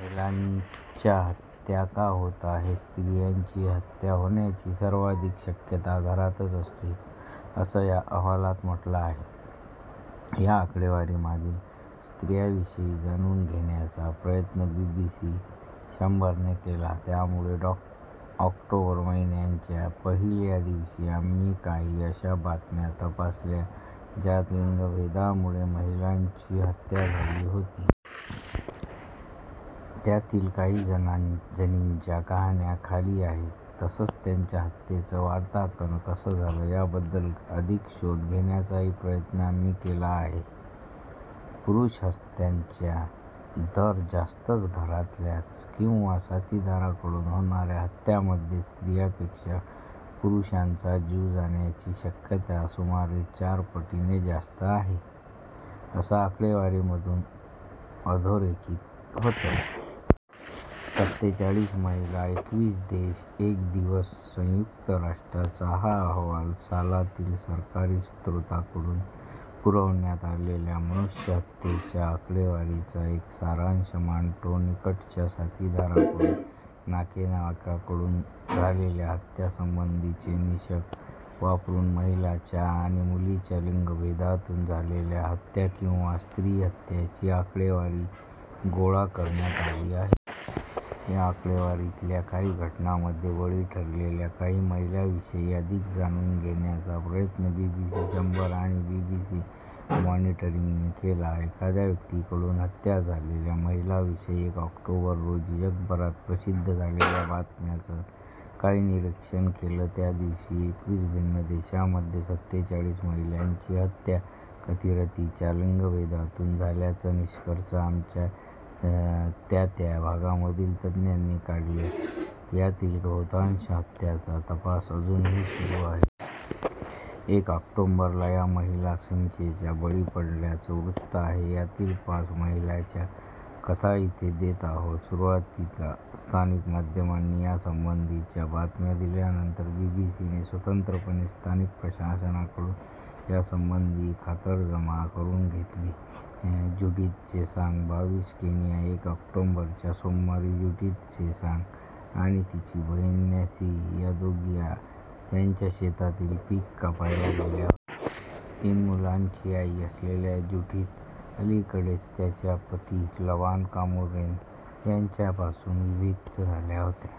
महिलांच्या हत्या का होत आहेत स्त्रियांची हत्या होण्याची सर्वाधिक शक्यता घरातच असते, असं या अहवालात म्हटलं आहे. या आकडेवारीमागील स्त्रियांविषयी जाणून घेण्याचा प्रयत्न बीबीसी शंभरने केला त्यामुळे ऑक्टोबर महिन्याच्या पहिल्या दिवशी आम्ही काही अशा बातम्या तपासल्या ज्यात लिंगभेदामुळे महिलांची हत्या झाली होती. त्यातील काही जणींच्या कहाण्या खाली आहेत. तसंच त्यांच्या हत्येचं वार्तांकन कसं झालं, याबद्दल अधिक शोध घेण्याचाही प्रयत्न आम्ही केला आहे. पुरुष हत्यांचा दर जास्तच घरातल्याच किंवा साथीदाराकडून होणाऱ्या हत्यांमध्ये स्त्रियांपेक्षा पुरुषांचा जीव जाण्याची शक्यता सुमारे चार पटींनी जास्त आहे, असं आकडेवारीमधून अधोरेखित होतं. सत्तेचाळीस महिला, एकवीस देश, एक दिवस संयुक्त राष्ट्रांचा हा अहवाल सालातील सरकारी स्त्रोतांकडून पुरवण्यात आलेल्या मनुष्यहत्येच्या आकडेवारीचा एक सारांश मांडतो निकटच्या साथीदाराकडून नातेवाईकाकडून झालेल्या हत्यांसंबंधीचे निकष वापरून महिलांच्या आणि मुलींच्या लिंगभेदातून झालेल्या हत्या किंवा स्त्री हत्यांची आकडेवारी गोळा करण्यात आली आहे. या आकडेवारीतल्या काही घटनांमध्ये बळी ठरलेल्या काही महिलांविषयी अधिक जाणून घेण्याचा प्रयत्न बीबीसी शंभर आणि बीबीसी मॉनिटरिंगने केला एखाद्या व्यक्तीकडून हत्या झालेल्या महिलांविषयी एक ऑक्टोबर रोजी जगभरात प्रसिद्ध झालेल्या बातम्यांचं आम्ही निरीक्षण केलं त्या दिवशी एकवीस भिन्न देशांमधील सत्तेचाळीस महिलांची हत्या कथितरीत्या लिंगभेदातून झाल्याचा निष्कर्ष आमच्या त्यात्या भागांमधील तज्ज्ञांनी काढला यातील बहुतांश हत्यांचा तपास अजूनही सुरू आहे. एक ऑक्टोबरला या महिला हिंसेला बळी पडल्याचं वृत्त आहे यातील पाच महिलांच्या कथा इथे देत आहोत सुरुवातीला स्थानिक माध्यमांनी यासंबंधीच्या बातम्या दिल्यानंतर बीबीसीने स्वतंत्रपणे स्थानिक प्रशासनाकडून यासंबंधीची खातरजमा करून घेतली. ज्युडिथ चेसांग, बावीस केनिया एक ऑक्टोबरच्या सोमवारी ज्युडिथ चेसांग आणि तिची बहीण नॅन्सी या दोघी त्यांच्या शेतातील पीक कापायला गेल्या होत्या। तीन मुलांची आई असलेल्या ज्युडिथ अलीकडेच त्यांच्या पती लबान कामुरेन यांच्यापासून विभक्त झाल्या होत्या,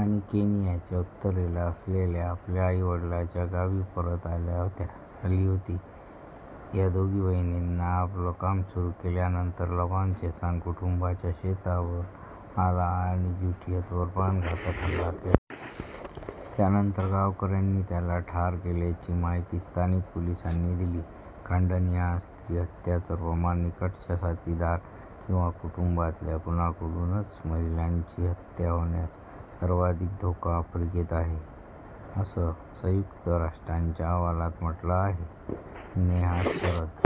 आणि केनियाच्या उत्तरेला असलेल्या आपल्या आईवडिलांच्या गावी परत आली होत्या. या दोघी बहिणींनी आपलं काम सुरू केल्यानंतर लबान चेसांग कुटुंबाच्या शेतावर आला आणि ज्युडिथवर प्राणघातक हल्ला केला. त्यानंतर गावकऱ्यांनी त्याला ठार केल्याची माहिती स्थानिक पोलिसांनी दिली. खंडनिहाय स्त्रीहत्यांचं प्रमाण निकटचा साथीदार किंवा कुटुंबातल्या कुणाकडूनच महिलांची हत्या होण्याचा सर्वाधिक धोका आफ्रिकेत आहे, असं संयुक्त राष्ट्रांच्या अहवालात म्हटलं आहे. नेहा शरद